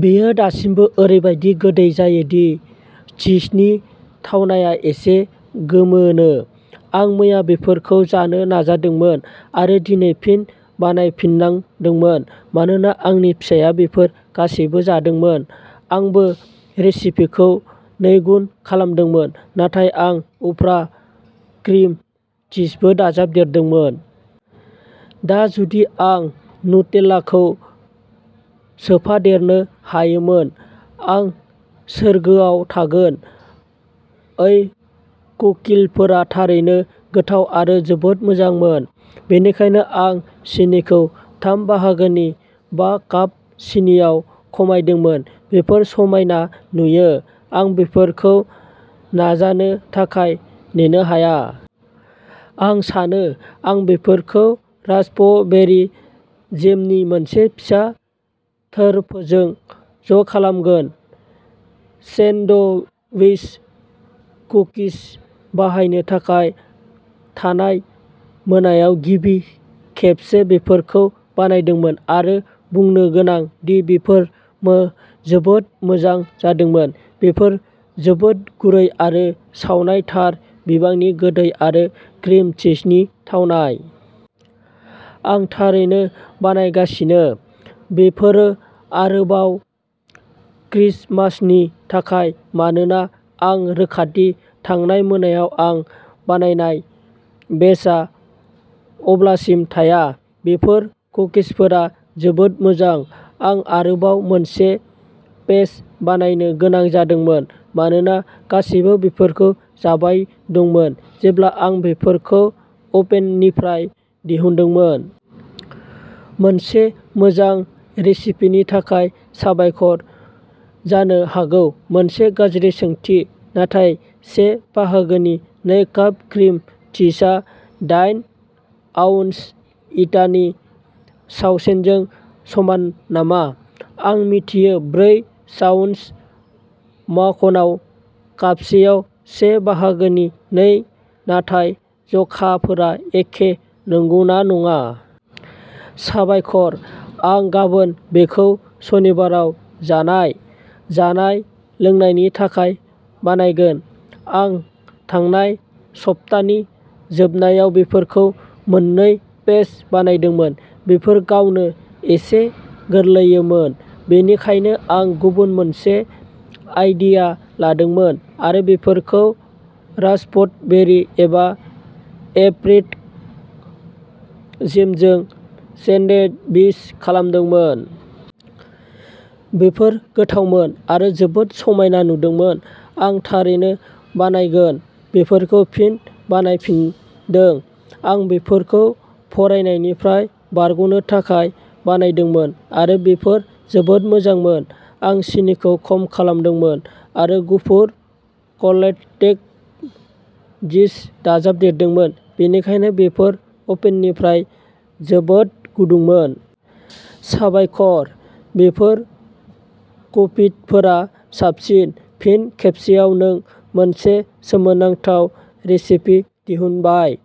बेयो दासिमबो ओरैबादि गोदै जायो दि चीजनि थावनाया एसे गोमोनो। आं मैया बेफोरखौ जानो नाजादोंमोन आरो दिनै फिन बानायफिननांदोंमोन। मानोना आंनि फिसाया बेफोर गासैबो जादोंमोन! आंबो रेसिपिखौ नैगुन खालामदोंमोन, नाथाय आं उफ्रा क्रिम चीजबो दाजाबदेरदोंमोन। दा जुदि आं नुटेलाखौ सोफादेरनो हायोमोन। आं सोरगोआव थागोन। ओइ कुकिफोरा थारैनो गोथाव आरो जोबोद मोजांमोन। बेनिखायनो आं सिनिखौ थाम बाहागोनि बा काप सिनिआव खमायदोंमोन। बेफोर समायना नुयो। आं बेफोरखौ नाजानो थाखाय नेनो हाया। आं सानो आं बेफोरखौ रास्पबेरी जेमनि मोनसे फिसा थोरफोजों ज'खालामगोन सेनडविच कुकिज बानायनो थाखाय। थानाय मोनायाव गिबि खेबसो बेफोरखौ बानायदोंमोन आरो बुंनो गोनां दि बेफोर मो जोबोद मोजां जादोंमोन। बेफोर जोबोद गुरै आरो सावनाय थार बिबांनि गोदै आरो क्रिम चीजनि थावनाय। आं थारैनो बानायगासिनो। बेफोरो आरोबाव क्रिसमासनि थाखाय मानोना आं रोखा दि थांनाय मोनायाव आं बानायनाय बेचआ अब्लासिम थाङा। बेफोर कुकिफोरा जोबोद मोजां। आं आरोबाव मोनसे बेच बानायनो गोनां जादोंमोन मानोना गासैबो बेफोरखौ जाबाय दंमोन जेब्ला आं बेफोरखौ अफेननिफ्राय दिहुनदोंमोन। मोनसे मोजां रेसिपिनि थाखाय साबायखर! जानो हागौ मोनसे गाज्रि सोंथि-नाथाय से बाहागोनि नै काप क्रिम चीजआ दाइन आउन्स इटानि सावसेजों समान नामा? आं मिथियो ब्रै साउन्स माखनआ कापसेआव से बाहागोनि नै नाथाय जखाफोरा एखे नंगौना नङा। साबायखर आं गाबोन बेखौ सनिबाराव जानाय जानाय-लोंनायनि थाखाय बानायगोन। आं थांनाय सप्तानि जोबनायाव बेफोरखौ मोननै बेच बानायदोंमोन। बेफोर गावनो एसे गोरलैयोमोन। बेनिखायनो आं गुबुन सासेनि आइडिया लादोंमोन आरो बेफोरखौ रास्पबेरी एबा एप्रिट जेमजों सेन्डविच खालामदोंमोन। बेफोर गोथावमोन आरो जोबोद समायना नुदोंमोन। आं थारैनो बानायगोन। बेफोरखौ फिन बानायफिनदों। आं बेफोरखौ फरायनायनिफ्राय बारग'नो थाखाय बानायदोंमोन आरो बेफोर जोबोद मोजांमोन। आं सिनिखौ खम खालामदोंमोन आरो गुफुर कलेटेक चिप्स दाजाबदेरदोंमोन। बेनिखायनो बेफोर अभेननिफ्राय जोबोद गुदुंमोन। साबायखर! बेफोर कुकिथफोरा साबसिन। फिन खेबसेबाव नों मोनसे सोमोनांथाव रेसिपि दिहुनबाय।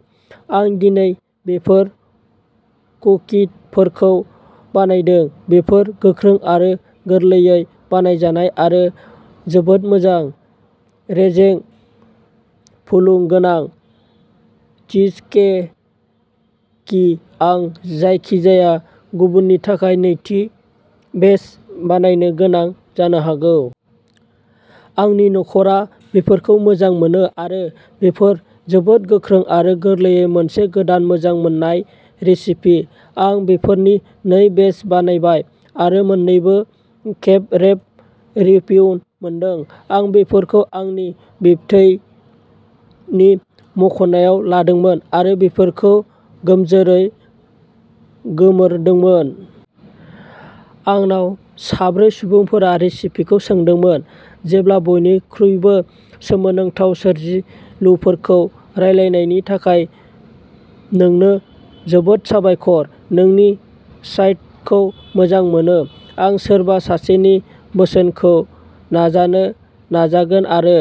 आं दिनै बेफोर कुकिफोरखौ बानायदों। बेफोर गोख्रै आरो गोरलैयै बानायजानाय आरो जोबोद मोजां। रेजें, फुलुं गोनां, चीजके कि। आं जायखिजाया गुबुननि थाखाय नैथि बेच बानायनो गोनां जानो हागौ। आंनि नखरा बेफोरखौ मोजां मोनो आरो बेफोर जोबोद गोख्रै आरो गोरलै-मोनसे गोदान मोजां मोनजानाय रेसिपि आं बेफोरनि नै बेच बानायबाय आरो मोननैबो खेब रेव रिभ्यु मोनदों। आं बेफोरखौ आंनि बिबथै नि मावख'आव लांदोंमोन आरो बेफोरखौ गोमजोरै गोमोरदोंमोन। आंनाव साब्रै सुबुंफोरा रेसिपिखौ सोंदोंमोन। जेब्ला बयनिख्रुइबो सोमोनांथाव सोरजिलुफोरखौ रानलायनायनि थाखाय नोंनो जोबोद साबायखर। नोंनि साइटखौ मोजां मोनो। आं सोरबा सासेनि बोसोनखौ नाजानो नाजागोन आरो